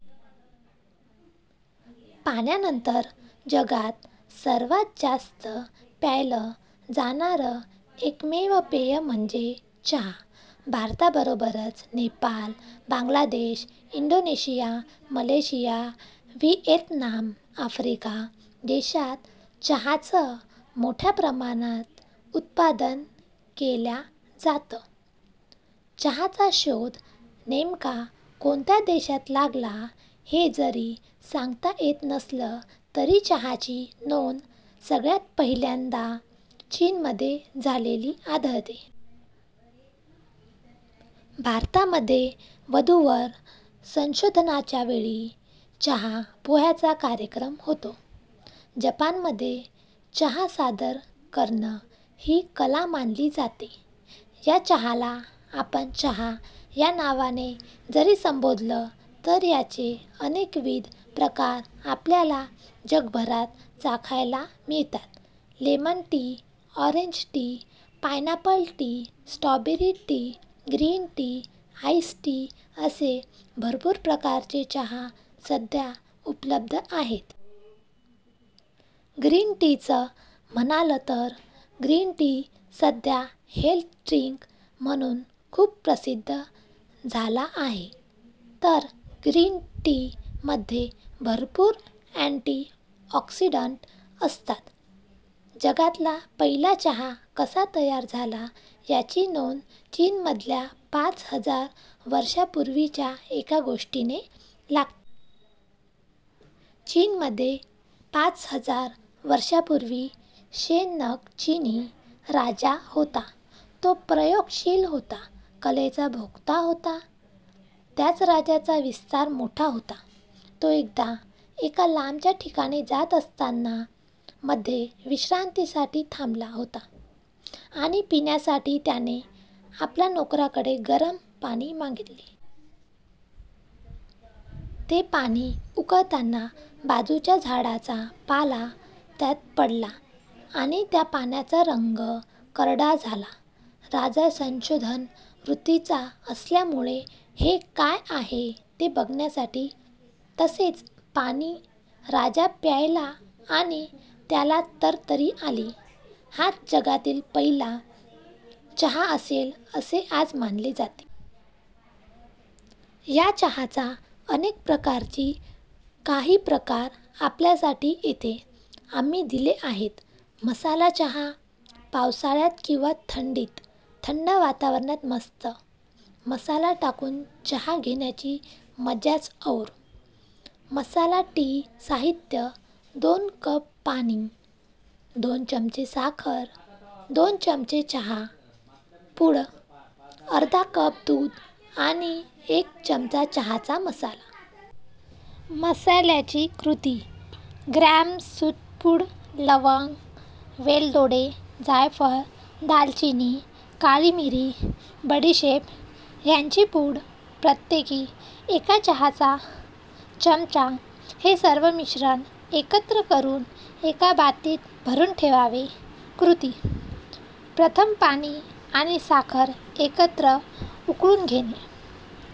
पाण्यानंतर जगात सर्वात जास्त प्यायल जाणार एकमेव पेय म्हणजे चहा. भारताबरोबरच Nepal, Bangladesh, Indonesia, Malaysia, Vietnam, Africa देशांत चहाचं मोठ्या प्रमाणात उत्पादन केला जातं. चहाचा शोध नेमका कोणत्या देशात लागला हे जरी सांगता येत नसलं तरी चहाची नोंद सगळ्यात पहिल्यांदा चीनमध्ये झालेली आढळते. भारतामध्ये वधूवर संशोधनाच्या वेळी चहा पोह्यांचा कार्यक्रम होतो, जपानमध्ये चहा सादर करण ही कला मानली जाते. या चहाला आपण चहा या नावाने जरी संबोधलं तर याचे अनेकविध प्रकार आपल्याला जगभरात चाखायला मिळतात. Lemon tea, orange tea, pineapple tea, strawberry tea, green tea ice tea असे भरपूर प्रकारचे चहा सध्या उपलब्ध आहेत. ग्रीन टी चं म्हणाल तर ग्रीन टी सध्या हेल्थ ड्रिंक म्हणून खूप प्रसिद्ध झाला आहे. तर ग्रीन टी मध्ये भरपूर अँटी ऑक्सीडेंट असतात. जगातला पहिला चहा कसा तयार झाला याची नोंद चीनमधल्या पाच हजार वर्षांपूर्वीच्या एका गोष्टीने लागते. चीनमध्ये पाच हजार वर्षांपूर्वी शेन नग चिनी राजा होता. तो प्रयोगशील होता. कलेचा भोक्ता होता. त्याच राज्याचा विस्तार मोठा होता. तो एकदा एका लांबच्या ठिकाणी जात असताना मध्ये विश्रांतीसाठी थांबला होता आणि पिण्यासाठी त्याने आपला नोकरांकडे गरम पाणी मागितले. ते पाणी उकळताना बाजूच्या झाडांचा पाला त्यात पडला आणि त्या पाण्याचा रंग करडा झाला. राजा संशोधन वृत्तीचा असल्यामुळे हे काय आहे ते बघण्यासाठी तसेच पाणी राजा प्यायला आणि त्याला तरतरी आली. हाच जगातील पहिला चहा असेल असे आज मानले जाते. या चहाच्या अनेक प्रकारांची काही प्रकार आपल्यासाठी येथे आम्ही दिले आहेत. मसाला चहा पावसाळ्यात किंवा थंडीत थंड वातावरणात मस्त मसाला टाकून चहा घेण्याची मजाच और! मसाला टी साहित्य: दोन कप पाणी, दोन चमचे साखर, दोन चमचे चहा पूड, अर्धा कप दूध आणि एक चमचा चहाचा मसाला. मसाल्याची कृती – ग्रॅम, सुंठपूड, लवंग, वेलदोडे, जायफळ, दालचिनी, काळीमिरी, बडिशेप ह्यांची पूड प्रत्येकी एक चहाचा चमचा. हे सर्व मिश्रण एकत्र करून एका बाटलीत भरून ठेवावे. कृती: प्रथम पाणी आणि साखर एकत्र उकळून घेणे.